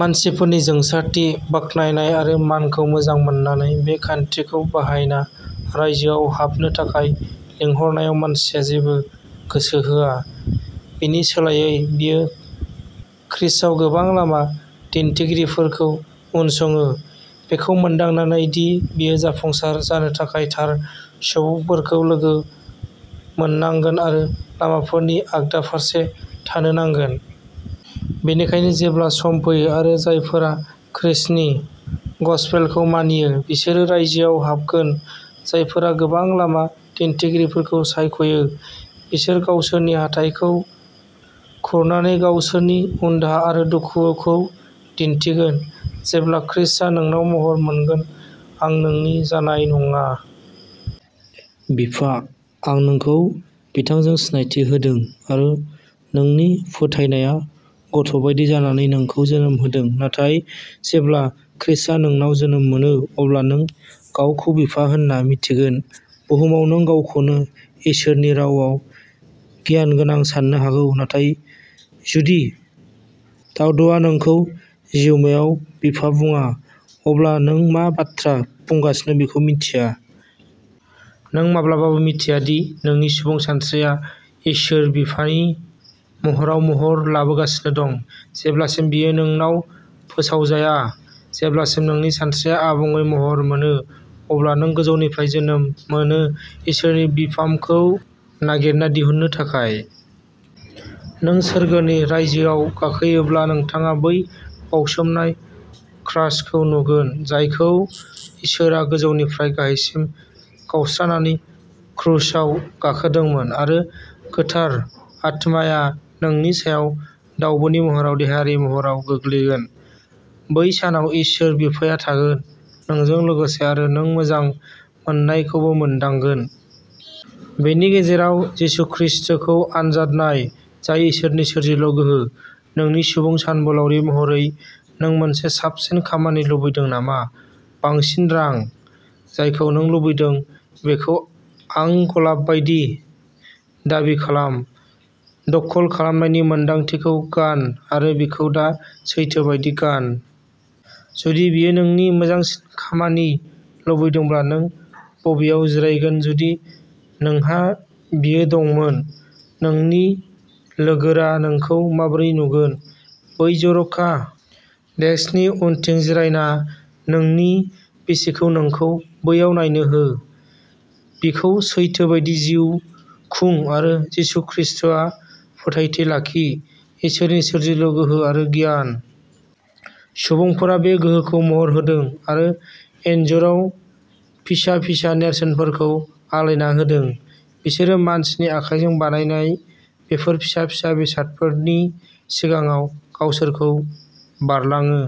मानसिफोरनि जोंसारथि, बाख्नायनाय आरो मानखौ मोजां मोननानै, बे खान्थिखौ बाहायना रायजोआव हाबनो थाखाय लिंहरनायाव मानसिया जेबो गोसो होआ। बिनि सोलायै, बियो खृष्टआव गोबां लामा दिन्थिगिरिफोरखौ उनसङो, बेखौ मोनदांनानै दि बियो जाफुंसार जानो थाखाय थार सुबुंफोरखौ लोगो मोननांगोन आरो लामाफोरनि आगदा फारसे थानो नांगोन। बेनिखायनो जेब्ला सम फैयो आरो जायफोरा खृष्टनि गसपेलखौ मानियो, बिसोर रायजोआव हाबगोन, जायफोरा गोबां लामा दिन्थिगिरिफोरखौ सायख'यो, बिसोर गावसोरनि हाथाइखौ खुरनानै गावसोरनि उनदाहा आरो दुखुखौ दिन्थिगोन। जेब्ला ख्रीष्टआ नोंनाव महर मोनगोन, आं नोंनि जानाय नङा। बिफा। आं नोंखौ बिथांजों सिनायथि होदों आरो नोंनि फोथायनाया गथ'बायदि जानानै नोंखौ जोनोम होदों, नाथाय जेब्ला ख्रीष्टआ नोंनाव जोनोम मोनो, अब्ला नों गावखौ बिफा होनना मिन्थिगोन। बुहुमाव नों गावखौनो इसोरनि रावाव गियानगोनां साननो हागौ, नाथाय जुदि दाउदआ नोंखौ जिउमायाव बिफा बुंया, अब्ला नों मा बाथ्रा बुंगासिनो बेखौ मिन्थिया! नों माब्लाबाबो मिन्थिया दि नोंनि सुबुं सानस्रिया इसोर बिफानि महराव महर लाबोगासिनो दं जेब्लासिम बेयो नोंनाव फोसावजाया। जेब्ला नोंनि सानस्रिया आबुङै महर मोनो, अब्ला नों गोजौनिफ्राय जोनोम मोनो इसोरनि बिफामखौ नागिरना दिहुननो थाखाय। नों सोरगोनि रायजोआव गाखोयोब्ला, नोंथाङा बै बावसोमनाय क्रसखौ नुगोन जायखौ इसोरआ गोजौनिफ्राय गाहायसिम गावस्रानानै क्रुसाव गाखोदोंमोन। आरो गोथार आत्माया नोंनि सायाव दावब'नि महराव देहायारि महराव गोग्लैगोन। बै सानाव इसोर बिफाआ थागोन। नोंजों लोगोसे आरो नों मोजां मोननायखौनो मोनदांगोन! बेनि गेजेराव, जिसु ख्रीष्टखौ आनजाद नाय, जाय इसोरनि सोरजिलु गोहो, नोंनि सुबुं सानबोलावरि महरै! नों मोनसे साबसिन खामानि लुबैदों नामा? बांसिन रां? जायखौ नों लुबैदों बेखौ आं गलाब बायदि दाबि खालाम। दखल खालामनायनि मोन्दांथिखौ गान आरो बेखौ दा सैथो बायदि गान। जुदि बेयो नों मोजांसिन खामानि लुबैदोंब्ला, नों बबेहाय जिरायगोन जुदि नोंहा बेयो दंमोन? नोंनि लोगोरा नोंखौ माबोरै नुगोन? बै जर'खा डेस्कनि उनथिं जिरायना नोंनि बिसिखौ नोंखौ बैयाव नायनो हो। बेखौ सैथो बायदि जिउ खुं आरो जिसु ख्रीष्टआव फोथायथि लाखि, इसोरनि सोरजिलु गोहो आरो गियान। सुबुंफोरा बे गोहोखौ महर होदों आरो इन्जुराव फिसा फिसा नेरसोनफोरखौ आलायना होदों। बिसोरो मानसिनि आखाइजों बानायनाय बेफोर फिसा फिसा बेसादफोरनि सिगाङाव गावसोरखौ बारलाङो।